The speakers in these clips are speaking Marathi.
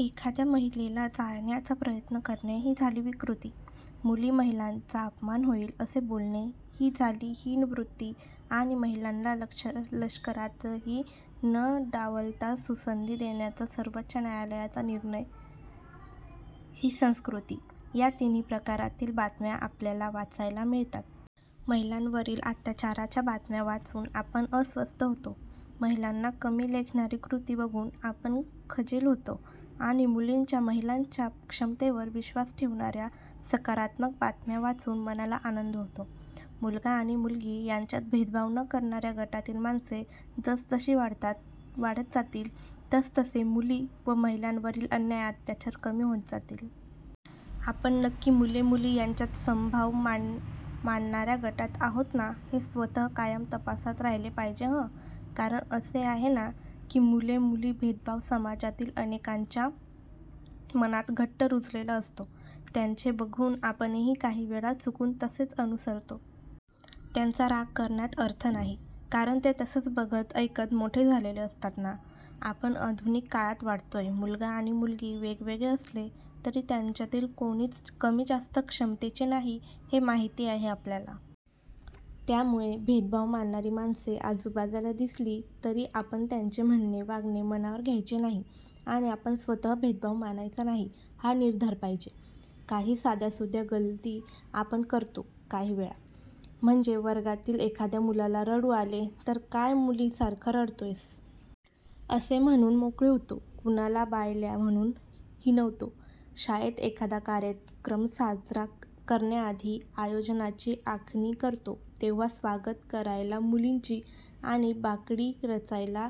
एखाद्या महिलेला जाळण्याचा प्रयत्न करणे, ही झाली विकृती. मुली-महिलांचा अपमान होईल असे बोलणे, ही झाली हीन-वृत्ती आणि महिलांना लष्करातही न डावलता, सुसंधी देण्याचा सर्वोच्च न्यायालयाचा निर्णय ही संस्कृती! या तिन्ही प्रकारांतील बातम्या आपल्याला वाचायला मिळतात. महिलांवरील अत्याचाराच्या बातम्या वाचून आपण अस्वस्थ होतो. महिलांना कमी लेखणारी कृती बघून आपण खजील होतो; आणि मुलींच्या, महिलांच्या क्षमतेवर विश्वास ठेवणाऱ्या सकारात्मक बातम्या वाचून मनाला आनंद होतो. मुलगा आणि मुलगी यांच्यात भेदभाव न करणाऱ्या गटातील माणसे जसजशी वाढत जातील, तसतसे मुली व महिलांवरील अन्याय, अत्याचार कमी होत जातील. आपण नक्की मुले-मुली यांच्यात समभाव मानणाऱ्या गटात आहोत ना, हे स्वत: कायम तपासात राहिले पाहिजे हं! कारण असे आहे ना की, मुले-मुली भेदभाव समाजातील अनेकांच्या मनात घट्ट रुजलेला असतो. त्यांचे बघून आपणही काही वेळा चुकून तेच अनुसरतो. त्यांचा राग करण्यात अर्थ नाही, कारण ते तसेच बघत, ऐकत मोठे झालेले असतात ना! आपण आधुनिक काळात वाढतोय. मुलगा आणि मुलगी वेगवेगळे असले तरी त्यांच्यातील कोणीच कमी-जास्त क्षमतेचे नाही, हे माहिती आहे आपल्याला. त्यामुळे भेदभाव मानणारी माणसे आजूबाजूला दिसली तरी आपण त्यांचे म्हणणे, वागणे मनावर घ्यायचे नाही आणि आपण स्वत: भेदभाव मानायचा नाही, हा निर्धार पाहिजे. काही साध्यासुध्या गल्लती आपण करतो काही वेळा. म्हणजे वर्गातील एखाद्या मुलाला रडू आले तर, "काय मुलीसारखं रडतोयस? " असे म्हणून मोकळे होतो. कुणाला 'बायल्या' म्हणून हिणवतो. शाळेत एखादा कार्यक्रम साजरा करण्याआधी आयोजनाची आखणी करतो तेव्हा स्वागत करायला मुलींची; आणि बाकडी रचायला,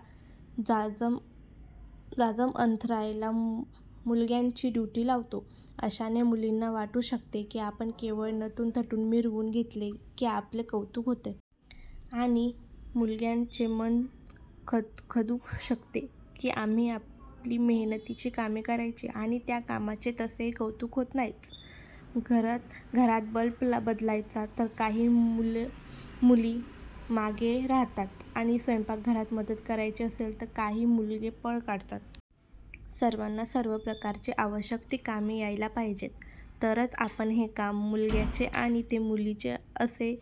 जाजम अंथरायला मुलग्यांची ड्युटी लावतो. अशाने मुलींना वाटू शकते की, आपण केवळ नटूनथटून मिरवून घेतले की आपले कौतुक होते! आणि मुलग्यांचे मन खदखदू शकते की, आम्ही आपली मेहनतीची कामे करायची आणि त्या कामाचे तसेही कौतुक होत नाहीच. घरात बल्ब बदलायचाय तर काही मुली मागे राहतात आणि स्वयंपाकघरात मदत करायची असेल तर काही मुलगे पळ काढतात. सर्वांना सर्व प्रकारची आवश्यक ती कामे यायला पाहिजेत, तरच आपण 'हे काम मुलग्याचे आणि ते मुलीचे' असे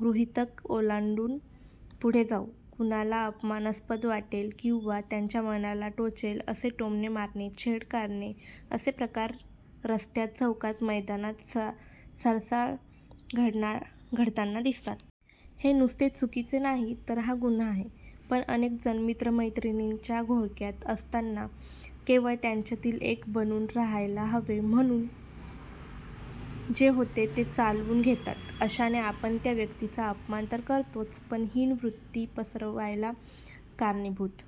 गृहीतक ओलांडून पुढे जाऊ. कुणाला अपमानास्पद वाटेल किंवा त्यांच्या मनाला टोचेल असे टोमणे मारणे, छेड काढणे असे प्रकार रस्त्यात, चौकात, मैदानात सर्रास घडताना दिसतात. हे नुसते चुकीचे नाही, तर हा गुन्हा आहे. पण अनेकजण मित्र-मैत्रिणींच्या घोळक्यात असताना, केवळ त्यांच्यातील एक बनून राहायला हवे म्हणून, जे होते ते चालवून घेतात. अशाने आपण त्या व्यक्तीचा अपमान तर करतोच, पण हीन वृत्ती पसरवायला कारणीभूत